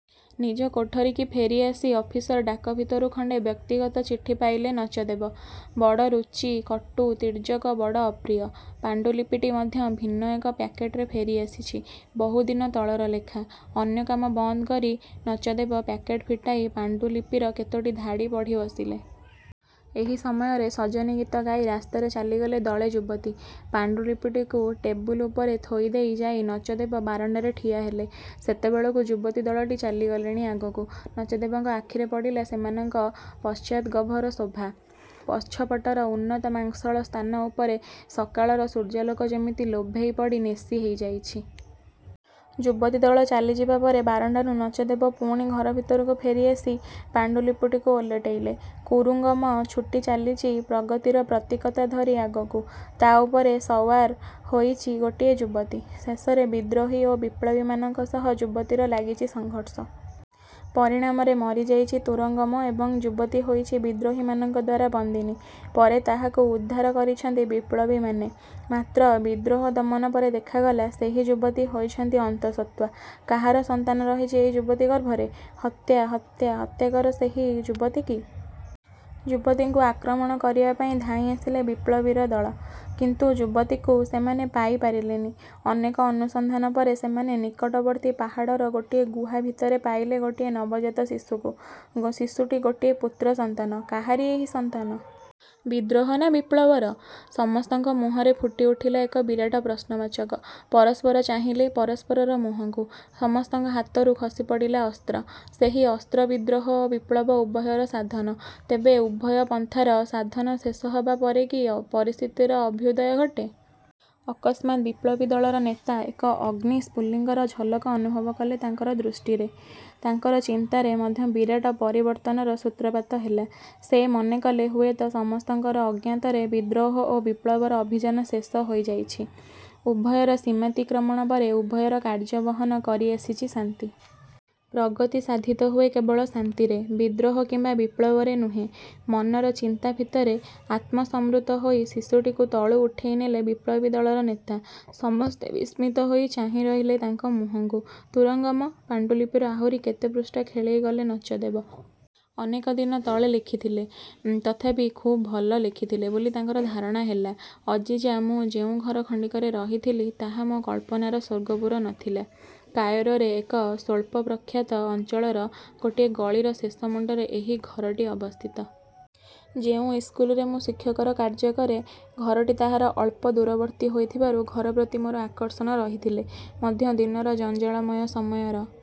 ନିଜ କୋଠରିକି ଫେରି ଆସି ଅଫିସର ଡାକ ଭିତରୁ ଖଣ୍ଡେ ବ୍ୟକ୍ତିଗତ ଚିଠି ପାଇଲେ ନଚଦେବ। ବଡ଼ ରୁଚି କଟୁ, ତିର୍ଯକ, ବଡ଼ ଅପ୍ରିୟ। ପାଣ୍ଡୁଲିପିଟି ମଧ୍ୟ ଭିନ୍ନ ଏକ ପ୍ୟାକେଟରେ ଫେରି ଆସିଛି। ବହୁ ଦିନ ତଳର ଲେଖା। ଅନ୍ୟ କାମ ବନ୍ଦ କରି ନଚଦେବ ପ୍ୟାକେଟ ଫିଟେଇ ପାଣ୍ଡୁ ଲିପିର କେତୋଟି ଧାଡ଼ି ପଢ଼ି ବସିଲେ। ଏହି ସମୟରେ 'ସଜନୀ' ଗୀତ ଗାଇ ରାସ୍ତାରେ ଚାଲିଗଲେ ଦଳେ ଯୁବତୀ। ପାଣ୍ଡୁଲିପିକୁ ଟେବୁଲ ଉପରେ ଥୋଇ ଦେଇ ଯାଇ ନଚଦେବ ବାରଣ୍ଡାରେ ଠିଆ ହେଲେ। ସେତେବେଳକୁ ଯୁବତୀ ଦଳଟି ଚାଲିଗଲେଣି ଆଗକୁ। ନଚଦେବଙ୍କ ଆଖିରେ ପଡ଼ିଲା ସେମାନଙ୍କ ପଶ୍ଚାତ୍ଭାଗର ଶୋଭା। ପଛପଟର ଉନ୍ନତ ମାଂସଳ ସ୍ଥାନ ଉପରେ ସକାଳର ସୂର୍ଯ୍ୟାଲୋକ ଯେମିତି ଲୋଭେଇ ପଡ଼ି ନେଶି ହେଇ ଯାଇଚି। ଯୁବତୀଦଳ ଚାଲିଯିବା ପରେ ବାରଣ୍ଡାରୁ ନଚଦେବ ପୁଣି ଘର ଭିତରକୁ ଫେରି ଆସି ପାଣ୍ଡୁଲିପି ଓଲଟେଇଲେ। 'କୁରଙ୍ଗମ ଛୁଟି ଚାଲିଛି ପ୍ରଗତିର ପ୍ରତୀକତା ଧରି ଆଗକୁ, ତା' ଉପରେ ସଓ୍ୟାର୍ ହୋଇଛି ଗୋଟିଏ ଯୁବତୀ; ଶେଷରେ ବିଦ୍ରୋହୀ ଓ ବିପ୍ଳବୀମାନଙ୍କ ସହ ଯୁବତୀର ଲାଗିଛି ସଂଘର୍ଷ। ପରିଣାମରେ ମରି ଯାଇଛି ତୁରଙ୍ଗମ ଏବଂ ଯୁବତୀ ହୋଇଛି ବିଦ୍ରୋହୀମାନଙ୍କଦ୍ଵାରା ବନ୍ଦିନୀ। ପରେ ତାହାକୁ ଉଦ୍ଧାର କରିଛନ୍ତି ବିପ୍ଳବୀମାନେ। ମାତ୍ର ବିଦ୍ରୋହ ଦମନ ପରେ ଦେଖାଗଲା, ସେହି ଯୁବତୀ ହୋଇଛି ଅନ୍ତଃସତ୍ତ୍ଵା। କାହାର ସନ୍ତାନ ରହିଛି ଏହି ଯୁବତୀର ଗର୍ଭରେ? ହତ୍ୟା, ହତ୍ୟା। ହତ୍ୟାକର ସେହି ଯୁବତୀକି। ଯୁବତୀଙ୍କୁ ଆକ୍ରମଣ କରିବା ପାଇଁ ଧାଇଁ ଆସିଲେ ବିପ୍ଳବୀର ଦଳ। କିନ୍ତୁ ଯୁବତୀକୁ ସେମାନେ ପାଇ ପାରିଲେନି। ଅନେକ ଅନୁସନ୍ଧାନ ପରେ ସେମାନେ ନିକଟବର୍ତ୍ତୀ ପାହାଡ଼ର ଗୋଟିଏ ଗୁହା ଭିତରେ ପାଇଲେ ଗୋଟିଏ ନବଜାତ ଶିଶୁକୁ। ଶିଶୁଟି ଗୋଟିଏ ପୁତ୍ର ସନ୍ତାନ। କାହାର ଏହି ସନ୍ତାନ? ବିଦ୍ରୋହ ନା ବିପ୍ଳବର? ସମସ୍ତଙ୍କ ମୁହଁରେ ଫୁଟି ଉଠିଲା ଏକ ବିରାଟ ପ୍ରଶ୍ନବାଚକ। ପରସ୍ପର ଚାହିଁଲେ ପରସ୍ପରର ମୁହଁକୁ। ସମସ୍ତଙ୍କ ହାତରୁ ଖସି ପଡ଼ିଲା ଅସ୍ତ୍ର। ସେହି ଅସ୍ତ୍ର ବିଦ୍ରୋହ ଓ ବିପ୍ଳବ ଉଭୟର ସାଧନ। ତେବେ, ଉଭୟ ପନ୍ଥାର ସାଧନ ଶେଷ ହେବା ପରେ କି ପରିସ୍ଥିତିର ଅଭ୍ୟୁଦୟ ଘଟେ? ଅକସ୍ମାତ୍ ବିପ୍ଳବୀଦଳର ନେତା ଏକ ଅଗ୍ନି ସ୍ଫୁଲିଙ୍ଗର ଝଲକ ଅନୁଭବ କଲେ ତାଙ୍କର ଦୃଷ୍ଟିରେ। ତାଙ୍କର ଚିନ୍ତାରେ ମଧ୍ୟ ବିରାଟ ପରିବର୍ତ୍ତନର ସୂତ୍ରପାତ ହେଲା। ସେ ମନେ କଲେ, ହୁଏତ ସମସ୍ତଙ୍କର ଅଜ୍ଞାତରେ ବିଦ୍ରୋହ ଓ ବିପ୍ଳବର ଅଭିଯାନ ଶେଷ ହୋଇଯାଇଛି। ଉଭୟର ସୀମାତିକ୍ରମଣ ପରେ ଉଭୟର କାର୍ଯ୍ୟ ବହନ କରି ଆସିଛି ଶାନ୍ତି। ପ୍ରଗତି ସାଧିତ ହୁଏ କେବଳ ଶାନ୍ତିରେ, ବିଦ୍ରୋହ କିମ୍ବା ବିପ୍ଳବରେ ନୁହେଁ। ମନର ଚିନ୍ତା ଭିତରେ ଆତ୍ମସମ୍ବୃତ ହୋଇ ଶିଶୁଟିକୁ ତଳୁ ଉଠେଇ ନେଲେ ବିପ୍ଳବୀଦଳର ନେତା। ସମସ୍ତେ ବିସ୍ମିତ ହୋଇ ଚାହିଁ ରହିଲେ ତାଙ୍କ ମୁହଁକୁ। ତୁରଙ୍ଗମ! ପାଣ୍ଡୁଲିପିର ଆହୁରି କେତେ ପୃଷ୍ଠା ଖେଳେଇ ଗଲେ ନଚଦେବ। ଅନେକ ଦିନ ତଳେ ଲେଖିଥିଲେ, ତଥାପି ଖୁବ୍ ଭଲ ଲେଖିଥିଲେ ବୋଲି ତାଙ୍କର ଧାରଣା ହେଲା। ଅଜିଜା ମୁଁ ଯେଉଁ ଘର ଖଣ୍ଡିକରେ ରହୁଥିଲି, ତାହା ମୋ କଳ୍ପନାର ସ୍ଵର୍ଗପୁର ନ ଥିଲା। କାଏରୋରେ ଏକ ସ୍ୱଳ୍ପପ୍ରଖ୍ୟାତ ଅଞ୍ଚଳର ଗୋଟିଏ ଗଳିର ଶେଷ ମୁଣ୍ଡରେ ଏହି ଘରଟି ଅବସ୍ଥିତ। ଯେଉଁ ଇସ୍କୁଲରେ ମୁଁ ଶିକ୍ଷକର କାର୍ଯ୍ୟ କରେ, ଘରଟି ତାହାର ଅଳ୍ପ ଦୂରବର୍ତ୍ତୀ ହୋଇଥିବାରୁ ଘରପ୍ରତି ମୋର ଆକର୍ଷଣ ରହିଥିଲେ। ମଧ୍ୟ ଦିନର ଜଞ୍ଜାଳମୟ ସମୟର